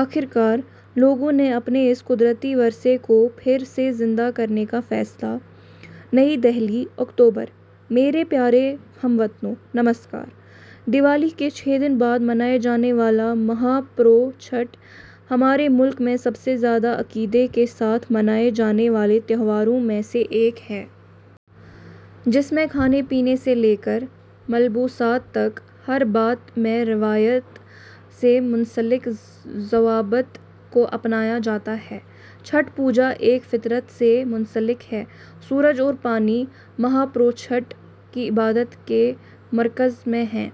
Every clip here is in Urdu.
آخر کار، لوگوں نے اپنے اس قدرتی ورثے کو پھر سے زندہ کرنے کا فیصلہ. نئی دہلی۔ اکتوبر؛ میرے پیارے ہم وطنوں۔ نمسکار۔ دیوالی کے چھ دن بعد منائے جانے والا مہاپرو چھٹ، ہمارے ملک میں سب سے زیادہ عقیدے کے ساتھ منائے جانے والے تہواروں میں سے ایک ہے۔ جس میں کھانے پینے سے لے کر ملبوسات تک ، ہر بات میں روایت سے منسلک ضوابط کو اپنایا جاتا ہے۔ چھٹ پوجا ایک فطرت سے منسلک ہے۔ سورج اور پانی، مہاپرو چھٹ کی عبادت کے مرکز میں ہیں،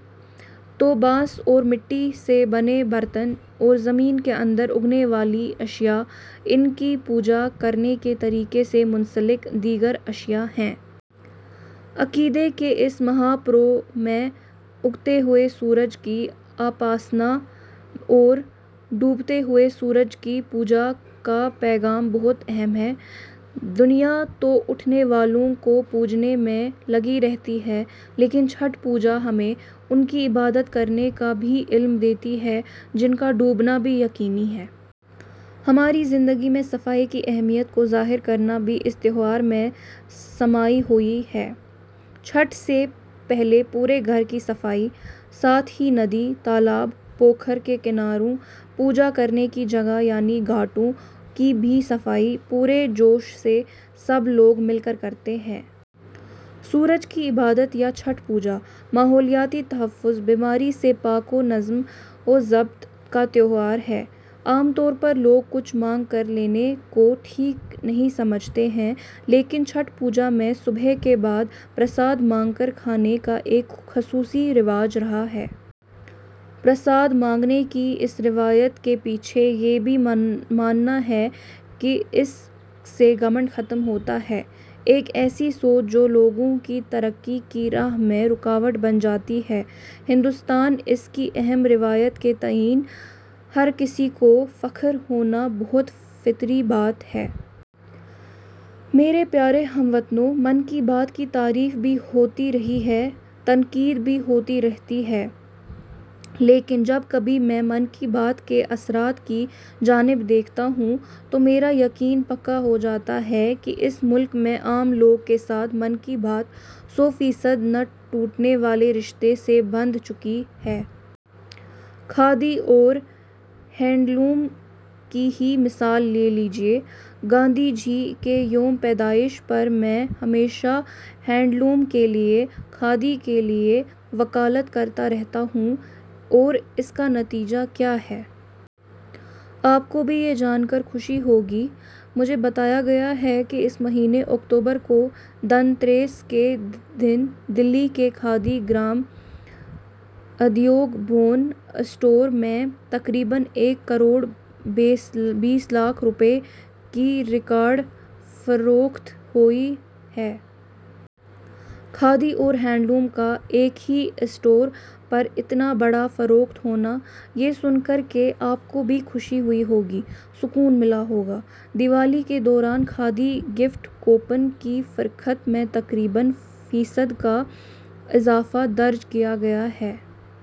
تو بانس اور مٹی سے بنے برتن اور زمین کے اندر اگنے والی اشیاء، ان کی پوجا کرنے کے طریقے سے منسلک دیگر اشیاء ہیں۔ عقیدے کے اس مہاپرو میں اگتے ہوئے سورج کی اپاسنا اور ڈوبتے ہوئے سورج کی پوجا کا پیغام بہت اہم ہے۔ دنیا تو اٹھنے والوں کو پوجنے میں لگی رہتی ہے لیکن چھٹ پوجا ہمیں، ان کی عبادت کرنے کا بھی علم دیتی ہے جن کا ڈوبنا بھی یقینی ہے۔ ہماری زندگی میں صفائی کی اہمیت کو ظاہر کرنا بھی اس تہوار میں سمائی ہوئی ہے۔ چھٹ سے پہلے پورے گھر کی صفائی، ساتھ ہی ندی، تالاب، پوکھر کے کناروں، پوجا کرنے کی جگہ یعنی گھاٹوں کی بھی صفائی ، پورے جوش سے سب لوگ مل کر کرتے ہیں۔ سورج کی عبادت یا چھٹ پوجا، ماحولیاتی تحفظ، بیماری سے پاک و نظم و ضبط کا تہوار ہے۔ عام طور پر لوگ کچھ مانگ کر لینے کو ٹھیک نہیں سمجھتے ہیں لیکن چھٹ پوجا میں صبح کے بعد پرساد مانگ کر کھانے کا ایک خصوصی رواج رہا ہے۔ پرساد مانگنے کی اس روایت کے پیچھے یہ بھی ماننا ہے کہ اس سے گھمنڈ ختم ہوتا ہے۔ ایک ایسی سوچ جو لوگوں کی ترقی کی راہ میں رکاوٹ بن جاتی ہے۔ ہندوستان کی اس اہم روایت کے تئیں ہر کسی کو فخر ہونا بہت فطری بات ہے۔ میرے پیارے ہم وطنوں، 'من کی بات' کی تعریف بھی ہوتی رہی ہے، تنقید بھی ہوتی رہتی ہے۔ لیکن جب کبھی میں 'من کی بات' کے اثرات کی جانب دیکھتا ہوں تو میرا یقین پکا ہو جاتا ہے کہ اس ملک میں عام لوگ کے ساتھ 'من کی بات' سو فیصد نہ ٹوٹنے والے رشتے سے بندھ چکی ہے۔ کھادی اور ہینڈلوم کی ہی مثال لے لیجیے۔ گاندھی جی کے یوم پیدائش پر میں ہمیشہ ہینڈ لوم کے لیے، کھادی کے لیے وکالت کرتا رہتا ہوں اور اس کا نتیجہ کیا ہے۔ آپ کو بھی یہ جان کر خوشی ہوگی۔ مجھے بتایا گیا ہے کہ اس مہینے اکتوبر کو 'دھن تیرس' کے دن دلی کے کھادی گرام ادیوگ بھون اسٹور میں تقریباً ایک کروڑ بیس لاکھ روپیے کی ریکارڈ فروخت ہوئی ہے۔ کھادی اور ہینڈ لوم کا، ایک ہی اسٹور پر اتنا بڑا فروخت ہونا، یہ سن کر کے آپ کو بھی خوشی ہوئی ہوگی، سکون ملا ہوگا۔ دیوالی کے دوران کھادی گفٹ کوپن کی فرخت میں تقریباً فیصد کا اضافہ درج کیا گیا ہے۔